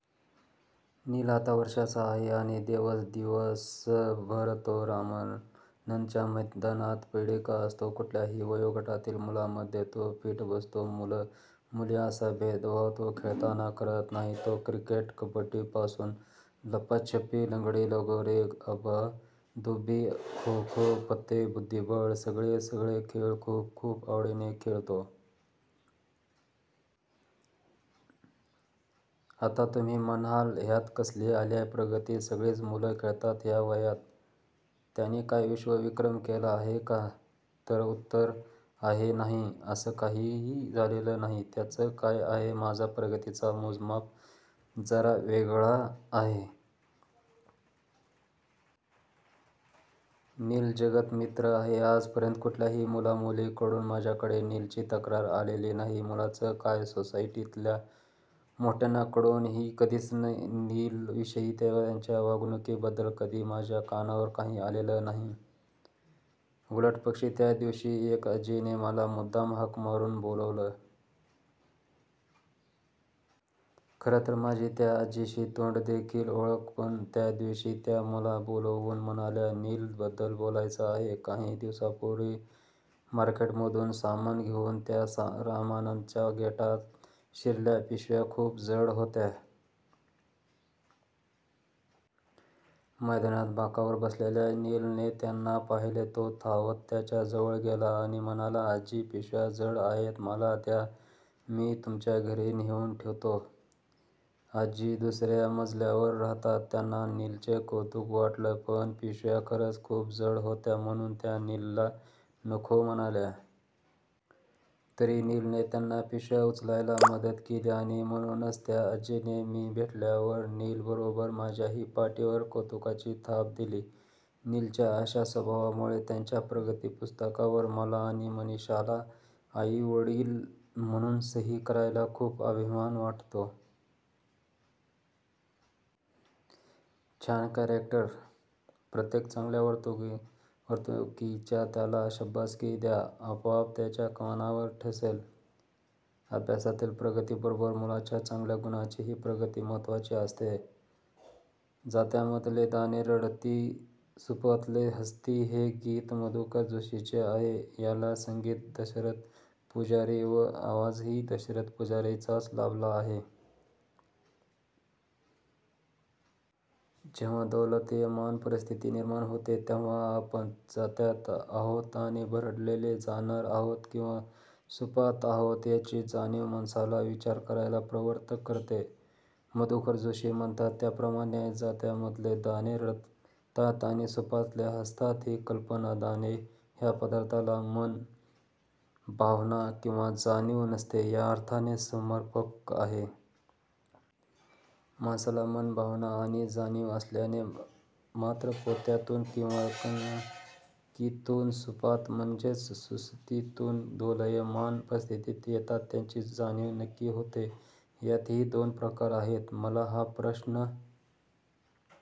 नील आता वर्षांचा आहे आणि दिवस दिवस भर तो रामानंदच्या मैदानात पडिक असतो. कुठल्याही वयोगटातील मुलांमध्ये तो फिट बसतो. मुल मुली असा भेदभाव तो खेळतांना करत नाही. तो क्रिकेट, कबड्डी पासून लपाछुपी, लंगडी, लगोरी, आबाधुबी, खोखो, पत्ते, बुद्धीबळ सगळे सगळे खेळ खूप खूप आवडीने खेळतो. आता तुम्ही म्हणाल ह्यात कसली आलेय प्रगती. सगळीच मुलं खेळतात ह्या वयात. त्यानी काय विश्व विक्रम केला आहे का? तर उत्तर आहे नाही. अस काहीही झालेले नाही. त्याच काय आहे माझ प्रगतीच मोजमाप जरा वेगळ आहे. नील जगत मित्र आहे. आज पर्यंत कुठल्याही मुला मुलीं कडून माझ्याकडे नीलची तक्रार आलेली नाही. मुलंच का सोसायटीतल्या मोठ्यांन कडूनही कधीच नील विषयी त्याच्या वागणूकी बद्दल कधी माझ्या कानावर काही आलेले नाही. उलट पक्षी त्या दिवशी एक आजींनी मला मुद्दाम हाक मारून बोलावलं. खर तर माझी त्या आजींशी तोंड देखली ओळख. पण त्या दिवशी त्या मला बोलावून म्हणाल्या नील बद्दल बोलायचे आहे. काही दिवसांपुर्वी मार्केट मधून सामान घेऊन त्या रामानंदच्या गेटात शिरल्या. पिशव्या खूप जड होत्या. मैदानात बाकावर बसलेल्या नीलने त्यांना पाहिलं. तो धावत त्यांच्या जवळ गेला आणि म्हणाला, "आजी पिशव्या जड आहेत. मला द्या मी तुमच्या घरी नेऊन ठेवतो. "आजी दुसर्या मजल्यावर राहतात. त्यांना नीलच कौतुक वाटलं. पण पिशव्या खरंच खूप जड होत्या म्हणून त्या नीलला नको म्हणाल्या. तरी नीलने त्यांना पिशव्या उचलायला मदत केली आणि म्हणूनच त्या आजींनी मी भेटल्यावर नील बरोबर माझ्याही पाठीवर कौतुकाची थाप दिली. नीलच्या अशा स्वभावामुळे त्याच्या प्रगती पुस्तकावर मला आणि मनिषला, आईवडील म्हणून सही करायला खूप अभिमान वाटतो. छानकरेक्ट. प्रत्येक चांगल्या वर्तणुकीची त्याला शाबासकी द्या. आपोआप त्याच्या मनावर ठसेल. अभ्यासातील प्रगती बरोबर मुलांच्या चांगल्या गुणांचीही प्रगती महत्वाची असते. जात्यामधले दाणे रडती सुपातले हसती हे गीत मधुकर जोशींचे आहे. याला संगीत दशरथ पुजारी व आवाजही दशरथ पुजारींचाच लाभला आहे. जेव्हा दोलायमान परिस्थिती निर्माण होते तेव्हा आपण जात्यात आहोत आणि भरडले जाणार आहोत किंवा सुपात आहोत याची जाणिव माणसाला विचार करायला प्रवृत करते. मधुकर जोशी म्हणतात त्याप्रमाणे जात्यामधले दाणे रडतात आणि सुपातले हसतात ही कल्पना दाणे ह्या पदार्थाला मन, भावना, किंवा जाणिव नसते या अर्थाने समर्पक आहे. माणसाला मन, भावना आणि जाणिव असल्याने मात्र पोत्यातुन किंवा कणगीतुन सुपात म्हणजेच सुस्थितीतुन दोलायमान परिस्थीती येताच त्याची जाणिव नक्की होते. यातही दोन प्रकार आहेत. " मला हा प्रश्न